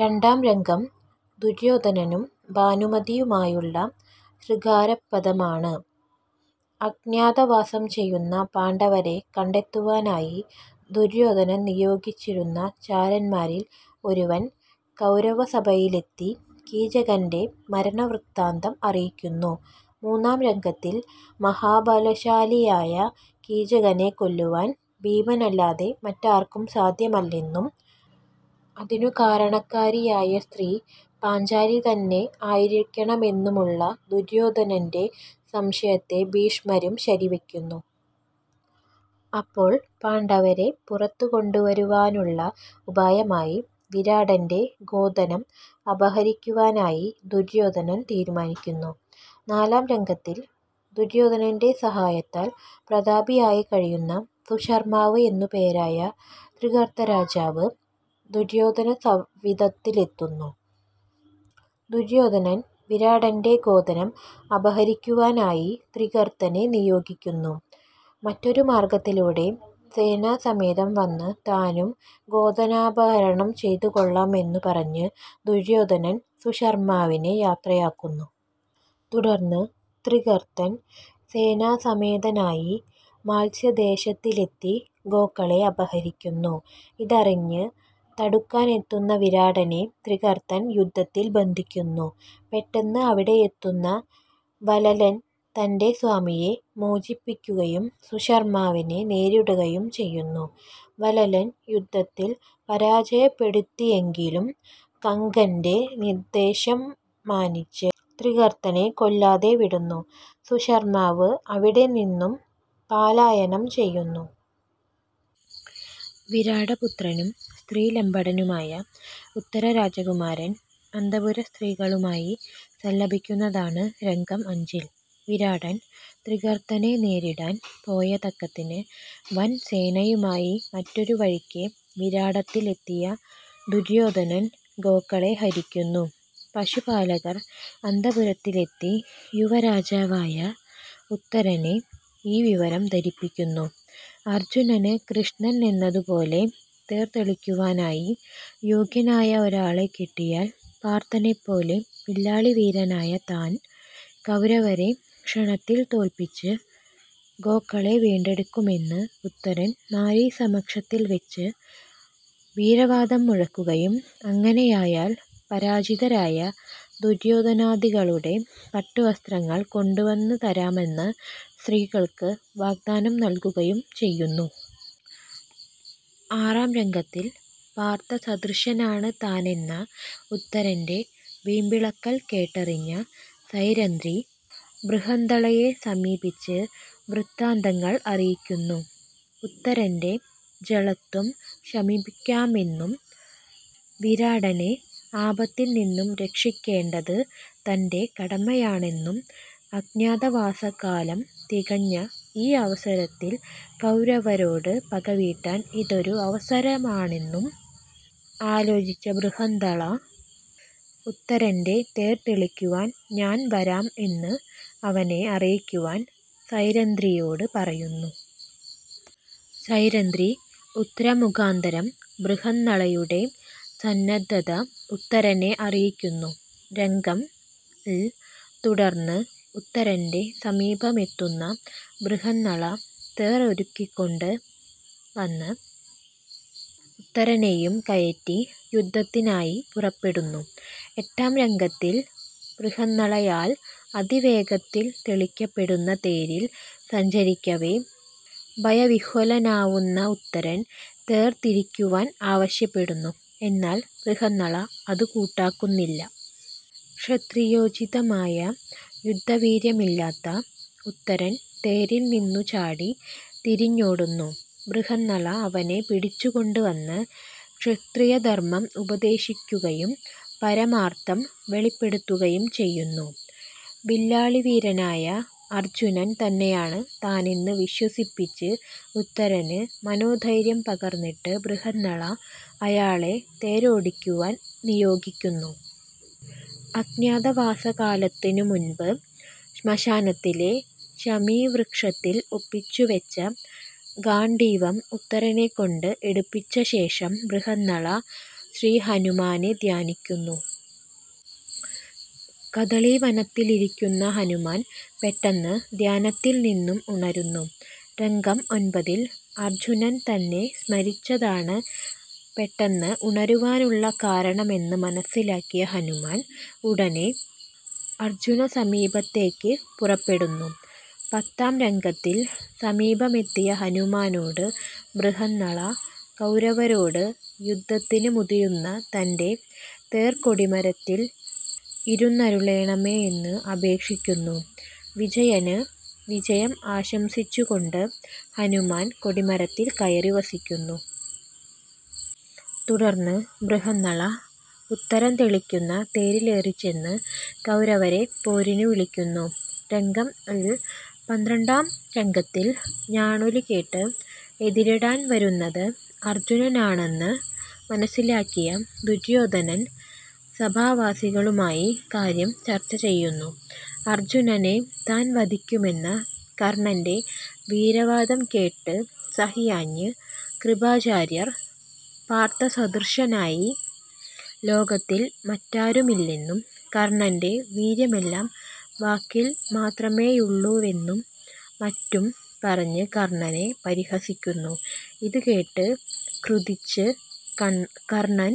രണ്ടാം രംഗം ദുര്യോധനനും ഭാനുമതിയുമായുള്ള ശൃഗാരപ്പദമാണ്. അജ്ഞാതവാസം ചെയ്യുന്ന പാണ്ഡവരെ കണ്ടെത്തുവാനായി ദുര്യോധനൻ നിയോഗിച്ചിരുന്ന ചാരന്മാരിൽ ഒരുവൻ കൌരവസഭയിലെത്തി കീചകന്റെ മരണവൃത്താന്തം അറിയിക്കുന്നു മൂന്നാം രംഗത്തിൽ. മഹാബലശാലിയായ കീചകനെ കൊല്ലുവാൻ ഭീമനല്ലാതെ മറ്റാർക്കും സാദ്ധ്യമല്ലെന്നും അതിനുകാരണക്കാരിയായ സ്ത്രീ പാഞ്ചാലിതന്നെ ആയിരിക്കണമെന്നുമുള്ള ദുര്യോധനന്റെ സംശയത്തെ ഭീഷ്മരും ശരിവയ്ക്കുന്നു. അപ്പോൾ പാണ്ഡവരെ പുറത്തുകൊണ്ടുവരുവാനുള്ള ഉപായമായി വിരാടന്റെ ഗോധനം അപഹരിക്കുവാനായി ദുര്യോധനൻ തീരുമാനിക്കുന്നു. നാലാം രംഗത്തിൽ ദുര്യോധനന്റെ സഹായത്താൽ പ്രതാപിയായി കഴിയുന്ന സുശർമ്മാവ് എന്നുപേരായ ത്രിഗർത്തരാജാവ് ദുര്യോധന സവിധത്തിലെത്തുന്നു. ദുര്യോധനൻ വിരാടന്റെ ഗോധനം അപഹരിക്കുവാനായി ത്രിഗർത്തനെ നിയോഗിക്കുന്നു. മറ്റൊരുമാർഗ്ഗത്തിലൂടെ സേനാസമേതം വന്ന് താനും ഗോധനാപഹരണം ചെയ്തുകൊള്ളാം എന്നുപറഞ്ഞ് ദുര്യോധനൻ സുശർമ്മാവിനെ യാത്രയാക്കുന്നു. തുടർന്ന് ത്രിഗർത്തൻ സേനാസമേതനായി മാത്സ്യദേശത്തിലെത്തി ഗോക്കളെ അപഹരിക്കുന്നു. ഇതറിഞ്ഞ് തടുക്കാനെത്തുന്ന വിരാടനെ ത്രിഗർത്തൻ യുദ്ധത്തിൽ ബന്ധിക്കുന്നു. പെട്ടെന്ന് അവിടെയെത്തുന്ന വലലൻ തന്റെ സ്വാമിയെ മോചിപ്പിക്കുകയും സുശർമ്മാവിനെ നേരിടുകയും ചെയ്യുന്നു. വലലൻ യുദ്ധത്തിൽ പരാജയപ്പെടുത്തിയെങ്കിലും കങ്കന്റെ നിദ്ദേശം മാനിച്ച് ത്രിഗർത്തനെ കൊല്ലാതെ വിടുന്നു. സുശർമ്മാവ് അവിടെനിന്നും പാലായനം ചെയ്യുന്നു. വിരാടപുത്രനും സ്ത്രീലമ്പടനുമായ ഉത്തരരാജകുമാരൻ അന്ത:പുരസ്ത്രീകളുകളുമായി സല്ലപിക്കുന്നതാണ് രംഗം അഞ്ചിൽ. വിരാടൻ ത്രിഗർത്തനെ നേരിടാൻ പോയതക്കത്തിന് വൻസേനയുമായി മറ്റൊരുവഴിയ്ക്ക് വിരാടത്തിലെത്തിയ ദുര്യോധനൻ ഗോക്കളെ ഹരിക്കുന്നു. പശുപാലകർ അന്ത:പുരത്തിലെത്തി യുവരാജാവായ ഉത്തരനെ ഈ വിവരം ധരിപ്പിക്കുന്നു. അർജ്ജുനന് കൃഷ്ണൻ എന്നതുപോലെ തേർതെളിക്കുവാനായി യോഗ്യനായ ഒരാളെ കിട്ടിയാൽ പാർത്ഥനെപ്പോലെ വില്ലാളിവീരനായ താൻ കൌരവരെ ക്ഷണത്തിൽ തൊൽപ്പിച്ച് ഗോക്കളെ വിണ്ടെടുക്കുമെന്ന് ഉത്തരൻ നാരീസമക്ഷത്തിൽ വെച്ച് വീരവാദം മുഴക്കുകയും, അങ്ങനെയായാൽ പരാജിതരായ ദുര്യോധനാദികളുടെ പട്ടുവസ്ത്രങ്ങൾ കൊണ്ടുവന്ന് തരാമെന്ന് സ്ത്രീകൾക്ക് വാഗ്ദാനം നൽകുകയും ചെയ്യുന്നു. ആറാം രംഗത്തിൽ പാർത്ഥസദൃശനാണ് താനെന്ന ഉത്തരന്റെ വീമ്പിളക്കൽ കേട്ടറിഞ്ഞ സൈരന്ധ്രി ബൃഹന്ദളയെ സമീപിച്ച് വൃത്താന്തങ്ങൾ അറിയിക്കുന്നു. ഉത്തരന്റെ ജളത്വം ശമിപ്പിക്കാമെന്നും, വിരാടനെ ആപത്തിൽനിന്നും രക്ഷിക്കേണ്ടത് തന്റെ കടമയാണന്നും, അജ്ഞാതവാസകാലം തികഞ്ഞ ഈ അവസരത്തിൽ കൌരവരോട് പകവീട്ടാൻ ഇതൊരു അവസരാണന്നും ആലോചിച്ച ബൃഹന്ദള; 'ഉത്തരന്റെ തെർ തെളിക്കുവാൻ ഞാൻ വരാം' എന്ന് അവനെ അറിയിക്കുവാൻ സൈരന്ധ്രിയോട് പറയുന്നു. സൈരന്ധ്രി ഉത്തരമുഖാന്തരം ബൃഹന്നളയുടെ സന്നദ്ധത ഉത്തരനെ അറിയിക്കുന്നു രംഗം ൽ. തുടർന്ന് ഉത്തരന്റെ സമീപമെത്തുന്ന ബൃഹന്നള തേർ ഒരുക്കിക്കൊണ്ടുവന്ന് ഉത്തരനെയും കയറ്റി യുദ്ധത്തിനായി പുറപ്പെടുന്നു. എട്ടാം രംഗത്തിൽ ബൃഹന്നളയാൽ അതിവേഗത്തിൽ തെളിക്കപ്പെടുന്ന തേരിൽ സഞ്ചരിക്കവെ ഭയവിഹ്വലനാവുന്ന ഉത്തരൻ തേർ തിരിക്കുവാൻ ആവശ്യപ്പെടുന്നു. എന്നാൽ ബൃഹന്നള അത് കൂട്ടാക്കുന്നില്ല. ക്ഷത്രിയോചിതമായ യുദ്ധവീര്യമില്ലാത്ത ഉത്തരൻ തേരിൽ നിന്നു ചാടി തിരിഞ്ഞോടുന്നു. ബൃഹന്നള അവനെ പിടിച്ചുകൊണ്ടുവന്ന് ക്ഷത്രിയധർമ്മം ഉപദേശിക്കുകയും പരമാർത്ഥം വെളിപെടുത്തുകയും ചെയ്യുന്നു. വില്ലാളിവീരനായ അർജ്ജുനൻ തന്നെയാണ് താനെന്ന് വിശ്വസിപ്പിച്ച് ഉത്തരന് മനോധര്യം പകർന്നിട്ട് ബൃഹന്നള അയാളെ തേരോടിക്കുവാൻ നിയോഗിക്കുന്നു. അജ്ഞാതവാസകാലത്തിനുമുൻപ് ശ്മശാനത്തിലെ ശമീവൃക്ഷത്തിൽ ഒപ്പിച്ചുവെച്ച ഗാണ്ഡീവം ഉത്തരനെകൊണ്ട് എടുപ്പിച്ച ശേഷം ബൃഹന്നള ശ്രീഹനുമാനെ ധ്യാനിക്കുന്നു. കദളീവനത്തിലിരിക്കുന്ന ഹനുമാൻ പെട്ടെന്ന് ധ്യാനത്തിനിന്നും ഉണരുന്നു രംഗം ഒൻപതിൽ. അർജ്ജുനൻ തന്നെ സ്മരിച്ചതാണ് പെട്ടെന്ന് ഉണരുവാനുള്ള കാരണമെന്ന് മനസ്സിലാക്കിയ ഹനുമാൻ ഉടനെ അർജ്ജുനസമീപത്തേയ്ക്ക് പുറപ്പെടുന്നു. പത്താം രംഗത്തിൽ സമീപമെത്തിയ ഹനുമാനോട് ബൃഹന്നള കൌരവരോട് യുദ്ധത്തിന് മുതിരുന്ന തന്റെ തേർകൊടിമരത്തിൽ ഇരുന്നരുളേണമേ എന്ന് അപേക്ഷിക്കുന്നു. വിജയന് വിജയം ആശംസിച്ചുകൊണ്ട് ഹനുമാൻ കൊടിമരത്തിൽ കയറി വസിക്കുന്നു. തുടർന്ന് ബൃഹന്നള ഉത്തരൻ തെളിക്കുന്ന തേരിലേറിചെന്ന് കൌരവരെ പോരിനുവിളിക്കുന്നു രംഗം ൽ. പന്ത്രണ്ടാം രംഗത്തിൽ ഞാണോലികേട്ട് എതിരിടാൻ വരുന്നത് അർജ്ജുനനാണന്ന് മനസ്സിലാക്കിയ ദുര്യോധനൻ സഭാവാസികളുമായി കാര്യം ചർച്ച ചെയ്യുന്നു. അർജ്ജുനനെ താൻ വധിക്കുമെന്ന കർണ്ണന്റെ വീരവാദം കേട്ട് സഹിയാഞ്ഞ് കൃപാചാര്യർ പാർത്ഥസദൃശനായി ലോകത്തിൽ മറ്റാരുമില്ലെന്നും കർണ്ണന്റെ വീര്യമെല്ലാം വാക്കിൽ മാത്രമെയുള്ളുവെന്നും മറ്റും പറഞ്ഞ് കർണ്ണനെ പരിഹസിക്കുന്നു. ഇതുകേട്ട് ക്രുദ്ധിച്ച് കർണ്ണൻ